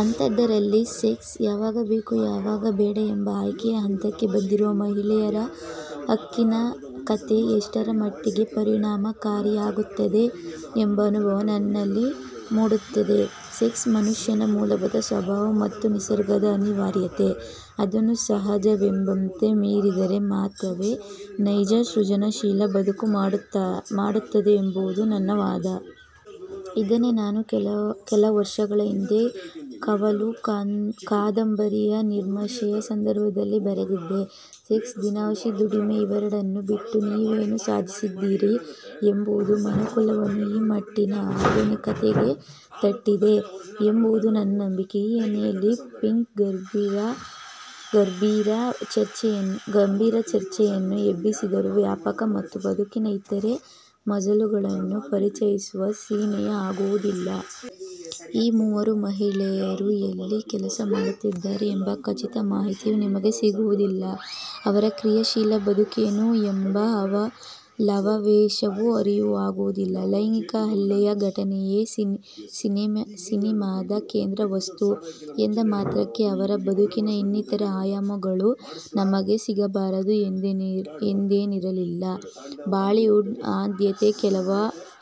ಅಂಥದ್ದರಲ್ಲಿ sex ಯಾವಾಗ ಬೇಕು, ಯಾವಾಗ ಬೇಡ' ಎಂಬ ಆಯ್ಕೆಯ ಹಂತಕ್ಕೆ ಬಂದಿರುವ ಮಹಿಳೆಯರ ಹಕ್ಕಿನ ಕಥೆ ಎಷ್ಟರಮಟ್ಟಿಗೆ ಪರಿಣಾಮಕಾರಿಯಾಗುತ್ತದೆ ಎಂಬ ಅನುಮಾನ ನನ್ನಲ್ಲಿ ಮೂಡುತ್ತದೆ. ಸೆಕ್ಸ್ ಮನುಷ್ಯನ ಮೂಲಭೂತ ಸ್ವಭಾವ ಮತ್ತು ನಿಸರ್ಗದ ಅನಿವಾರ್ಯತೆ. ಅದನ್ನು ಸಹಜವೆಂಬಂತೆ ಮೀರಿದರೆ ಮಾತ್ರವೇ ನೈಜ-ಸೃಜನಶೀಲ ಬದುಕು ಮೂಡುತ್ತದೆ ಎಂಬುದು ನನ್ನ ವಾದ. ಇದನ್ನೇ ನಾನು ಕೆಲವರ್ಷಗಳ ಹಿಂದೆ ಕವಲು' ಕಾದಂಬರಿಯ ವಿಮರ್ಶೆಯ ಸಂದರ್ಭದಲ್ಲಿ ಬರೆದಿದ್ದೆ. ಸೆಕ್ಸ್-ದಿನವಹಿ ದುಡಿಮೆ ಇವೆರಡನ್ನೂ ಬಿಟ್ಟು ನೀವೇನು ಸಾಧಿಸಿದ್ದೀರಿ ಎಂಬುದೇ ಮನುಕುಲವನ್ನು ಈ ಮಟ್ಟಿನ ಆಧುನಿಕತೆಗೆ ತಂದಿಟ್ಟಿದೆ ಎಂಬುದು ನನ್ನ ನಂಬಿಕೆ. ಈ ಹಿನ್ನೆಲೆಯಲ್ಲಿ ಪಿಂಕ್' ಗಂಭೀರ ಚರ್ಚೆಯನ್ನು ಎಬ್ಬಿಸಿದ್ದರೂ, ವ್ಯಾಪಕ ಮತ್ತು ಬದುಕಿನ ಇತರೆ ಮಜಲುಗಳನ್ನು ಪರಿಚಯಿಸುವ ಸಿನೆಮಾ ಆಗುವುದಿಲ್ಲ. ಈ ಮೂವರೂ ಮಹಿಳೆಯರು ಎಲ್ಲಿ ಕೆಲಸ ಮಾಡುತ್ತಿದ್ದಾರೆ ಎಂಬ ಖಚಿತ ಮಾಹಿತಿಯೂ ನಿಮಗೆ ಸಿಗುವುದಿಲ್ಲ. ಅವರ ಕ್ರಿಯಾಶೀಲ ಬದುಕೇನು ಎಂಬ ಲವಲೇಶವೂ ಅರಿವಾಗುವುದಿಲ್ಲ. ಲೈಂಗಿಕ ಹಲ್ಲೆಯ ಘಟನೆಯೇ ಸಿನೆಮಾದ ಕೇಂದ್ರ ವಸ್ತು ಎಂದ ಮಾತ್ರಕ್ಕೆ ಅವರ ಬದುಕಿನ ಇನ್ನಿತರೆ ಆಯಾಮಗಳು ನಮಗೆ ಸಿಗಬಾರದು ಎಂದೇನಿರಲಿಲ್ಲ. ಬಾಲಿವುಡ್ನ ಆದ್ಯತೆ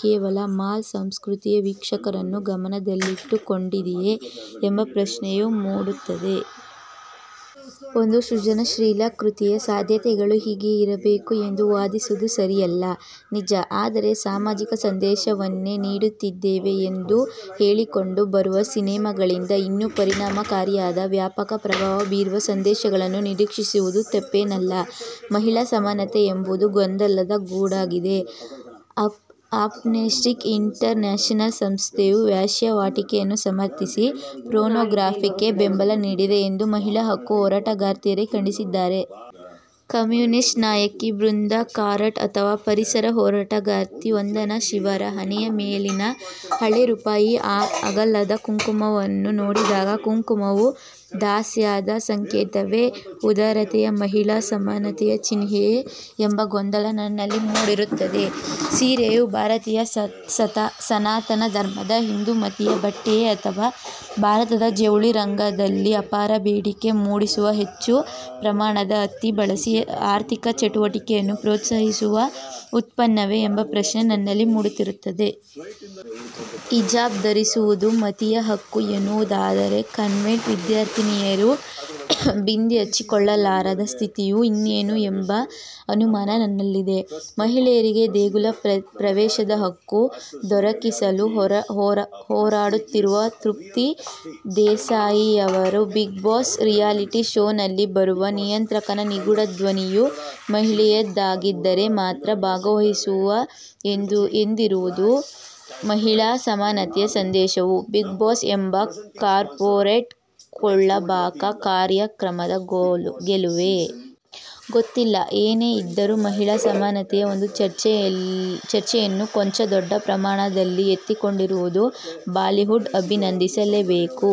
ಕೇವಲ ಮಾಲ್ ಸಂಸ್ಕೃತಿಯ ವೀಕ್ಷಕರನ್ನು ಗಮನದಲ್ಲಿಟ್ಟುಕೊಂಡಿದೆಯೇ ಎಂಬ ಪ್ರಶ್ನೆಯೂ ಮೂಡುತ್ತದೆ. ಒಂದು ಸೃಜನಶೀಲ ಕೃತಿಯ ಸಾಧ್ಯತೆಗಳು ಹೀಗೆಯೇ ಇರಬೇಕು ಎಂದು ವಾದಿಸುವುದು ಸರಿಯಲ್ಲ, ನಿಜ. ಆದರೆ ಸಾಮಾಜಿಕ ಸಂದೇಶವನ್ನೇ ನೀಡುತ್ತಿದ್ದೇವೆ ಎಂದು ಹೇಳಿಕೊಂಡು ಬರುವ ಸಿನೆಮಾಗಳಿಂದ ಇನ್ನೂ ಪರಿಣಾಮಕಾರಿಯಾದ, ವ್ಯಾಪಕ ಪ್ರಭಾವ ಬೀರುವ ಸಂದೇಶಗಳನ್ನು ನಿರೀಕ್ಷಿಸುವುದು ತಪ್ಪೇನಲ್ಲ. ಮಹಿಳಾ ಸಮಾನತೆ ಎಂಬುದು ಗೊಂದಲದ ಗೂಡಾಗಿದೆ. ಆಮ್ನೆಸ್ಟಿ ಇಂಟರ್ ನ್ಯಾಶನಲ್ ಸಂಸ್ಥೆಯು ವೇಶ್ಯಾವಾಟಿಕೆಯನ್ನು ಸಮರ್ಥಿಸಿ ಪೋರ್ನೋಗ್ರಫಿಗೆ ಬೆಂಬಲ ನೀಡಿದೆ ಎಂದು ಮಹಿಳಾ ಹಕ್ಕು ಹೋರಾಟಗಾರ್ತಿಯರೇ ಖಂಡಿಸಿದ್ದಾರೆ. ಕಮ್ಯುನಿಸ್ಟ್ ನಾಯಕಿ ಬೃಂದಾ ಕಾರಟ್ ಅಥವಾ ಪರಿಸರ ಹೋರಾಟಗಾರ್ತಿ ವಂದನಾ ಶಿವರ ಹಣೆಯ ಮೇಲಿನ ಹಳೆ ರೂಪಾಯಿ ಅಗಲದ ಕುಂಕುಮವನ್ನು ನೋಡಿದಾಗ ಕುಂಕುಮವು ದಾಸ್ಯದ ಸಂಕೇತವೆ, ಉದಾರತೆಯ, ಮಹಿಳಾ ಸಮಾನತೆಯ ಚಿಹ್ನೆಯೆ ಎಂಬ ಗೊಂದಲ ನನ್ನಲ್ಲಿ ಮೂಡುತ್ತಿರುತ್ತದೆ! ಸೀರೆಯು ಭಾರತೀಯ ಸನಾತನ ಧರ್ಮದ, ಹಿಂದೂ ಮತೀಯ ಬಟ್ಟೆಯೆ ಅಥವಾ ಭಾರತದ ಜವುಳಿ ರಂಗದಲ್ಲಿ ಅಪಾರ ಬೇಡಿಕೆ ಮೂಡಿಸುವ, ಹೆಚ್ಚು ಪ್ರಮಾಣದ ಹತ್ತಿ ಬಳಸಿ ಆರ್ಥಿಕ ಚಟುವಟಿಕೆಯನ್ನು ಪ್ರೋತ್ಸಾಹಿಸುವ ಉತ್ಪನ್ನವೆ ಎಂಬ ಪ್ರಶ್ನೆ ನನ್ನಲ್ಲಿ ಮೂಡುತ್ತಿರುತ್ತದೆ. ಹಿಜಾಬ್ ಧರಿಸುವುದು ಮತೀಯ ಹಕ್ಕು ಎನ್ನುವುದಾದರೆ ಕಾನ್ವೆಂಟ್ ವಿದ್ಯಾರ್ಥಿನಿಯರು ಬಿಂದಿ ಹಚ್ಚಿಕೊಳ್ಳಲಾರದ ಸ್ಥಿತಿಯು ಇನ್ನೇನು ಎಂಬ ಅನುಮಾನ ನನ್ನಲ್ಲಿದೆ. ಮಹಿಳೆಯರಿಗೆ ದೇಗುಲ ಪ್ರವೇಶದ ಹಕ್ಕು ದೊರಕಿಸಲು ಹೋರಾಡುತ್ತಿರುವ ತೃಪ್ತಿ ದೇಸಾಯಿಯವರು ಬಿಗ್ ಬಾಸ್' ರಿಯಾಲಿಟಿ ಶೋನಲ್ಲಿ ಬರುವ ನಿಯಂತ್ರಕನ ನಿಗೂಢ ಧ್ವನಿಯು ಮಹಿಳೆಯದಾಗಿದ್ದರೆ ಮಾತ್ರ ಭಾಗವಹಿಸುವೆ ಎಂದಿರುವುದು ಮಹಿಳಾ ಸಮಾನತೆಯ ಸಂದೇಶವೋ, ಬಿಗ್ ಬಾಸ್' ಎಂಬ ಕಾರ್ಪೋರೇಟ್ ಕೊಳ್ಳುಬಾಕ ಕಾರ್ಯಕ್ರಮದ ಗೆಲುವೋ? ಗೊತ್ತಿಲ್ಲ! ಏನೇ ಇದ್ದರೂ, ಮಹಿಳಾ ಸಮಾನತೆಯ ಒಂದು ಚರ್ಚೆಯನ್ನು ಕೊಂಚ ದೊಡ್ಡ ಪ್ರಮಾಣದಲ್ಲಿ ಎತ್ತಿಕೊಂಡಿರುವುದಕ್ಕೆ ಬಾಲಿವುಡ್ನ ಅಭಿನಂದಿಸಲೇಬೇಕು